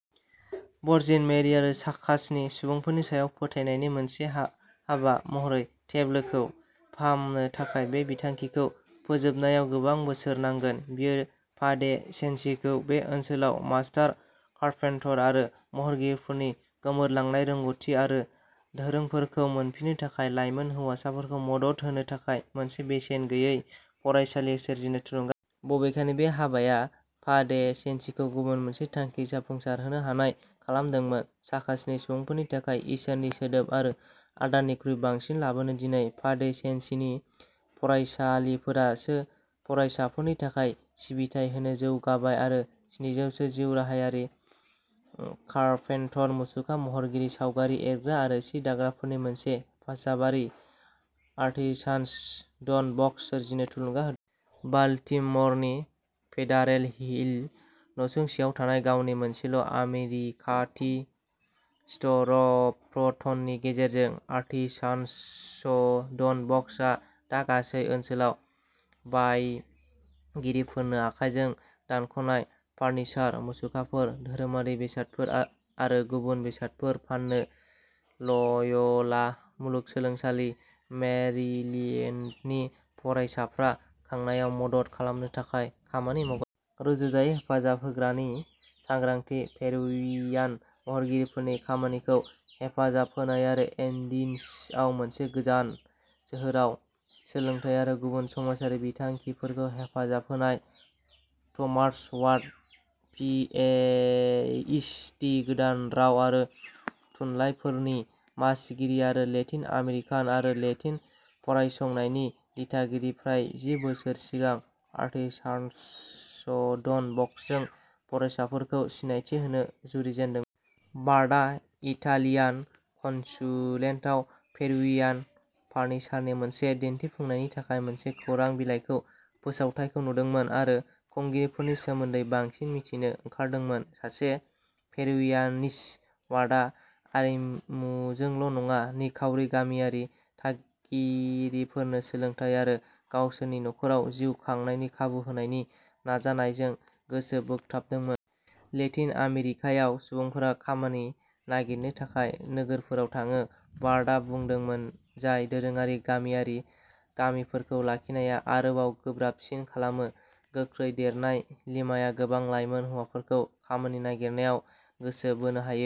Virgin Mary आरो चाकासनि सुबुंफोरनि सायाव फोथायनायनि मोनसे हा हाबा महरै टेब्लोखौ फाहामनो थाखाय। बे बिथांखिखौ फोजोबनायाव गोबां बोसोर नांगोन। बेयो फा डे सेन्सिखौ बे ओनसोलाव मास्टार कारपेंटर आरो महरगिरिफोरनि गोमोरलांनाय रोंग'थि आरो दोरोंफोरखौ मोनफिन्नो थाखाय लाइमोन हौवासाफोरखौ मदद होनो थाखाय मोनसे बेसेन गैयै फरायसालि सोरजिनो थुलुंगा। बबेखानि, बे हाबाया फा डे सेन्सिखौ गुबुन मोनसे थांखि जाफुंसारहोनो हानाय खालामदोंमोन चाकासनि सुबुंफोरनि थाखाय इसोरनि सोदोब आरो आदारनिख्रुइ बांसिन लाबोनो। दिनै, फा डे सेन्सिनि फरायसालिफोरा सो फरायसाफोरनि थाखाय सिबिथाय होनो जौगाबाय आरो स्निजौसो जिउराहायारि कारपेंटर, मुसुखा महरगिरि, सावगारि एरग्रा आरो सि दाग्राफोरनि मोनसे हेफाजाबारि, आर्टेसान'स डन बस्क' सोरजिनो थुलुंगा होदों। बाल्टिम'रनि फेडारेल हिल नसुंसेआव थानाय गावनि मोनसेल' आमेरिकानि स्ट'रफ्रन्टनि गेजेरजों, आर्टेसान'स डन बस्क'आ दा गासै ओनसोलाव बायगिरिफोरनो आखाइजों दानख'नाय फार्निचार, मुसुखाफोर, धोरोमारि बेसादफोर आरो गुबुन बेसादफोर फानो। ल'य'ला मुलुगसोलोंसालि मेरिलेन्डनि फरायसाफ्रा खांनायाव मदद खालामनो थाखाय खामानि मावगा। रुजुजायै हेफाजाब होग्रानि सांग्रांथि, पेरुवियान महरगिरिफोरनि खामानिखौ हेफाजाब होनाय आरो एन्डिजआव मोनसे गोजान सोहोराव सोलोंथाय आरो गुबुन समाजारि बिथांखिफोरखौ हेफाजाब होनाय। Thomas Ward, P H D, गोदान राव आरो थुनलाइफोरनि मासिगिरि आरो लेटिन आमेरिकान आरो लेटिन' फरायसंनायनि दिथागिरि, फ्राय जि बोसोर सिगां आर्टेसान'स डन बस्क'जों फरायसाफोरखौ सिनायथि होनो जुरिजेनदों। वार्डआ इटालियान कन्सुलेटआव पेरुवियान फार्निचारनि मोनसे दिन्थिफुंनायनि थाखाय मोनसे खौरां बिलाइनि फोसावथाइखौ नुदोंमोन आरो खुंगिरिफोरनि सोमोन्दै बांसिन मिथिनो ओंखारदोंमोन। सासे पेरुवियानिस्ट, वार्डआ आरिमुजोंल' नङा, निखावरि, गामियारि थागिरिफोरनो सोलोंथाय आरो गावसोरनि नख'राव जिउ खांनायनि खाबु होनायनि नाजानायजों गोसो बोगथाबदोंमोन। लेटिन आमेरिकायाव, सुबुंफोरा खामानि नागिरनो थाखाय नोगोरफोराव थाङो, वार्डआ बुंदोंमोन, जाय दोरोङारि, गामियारि गामिफोरखौ लाखिनाया आरोबाव गोब्राबसिन खालामो। गोख्रै देरनाय लिमाया गोबां लाइमोन हौवाफोरखौ खामानि नागिरनायाव गोसो बोनो हायो।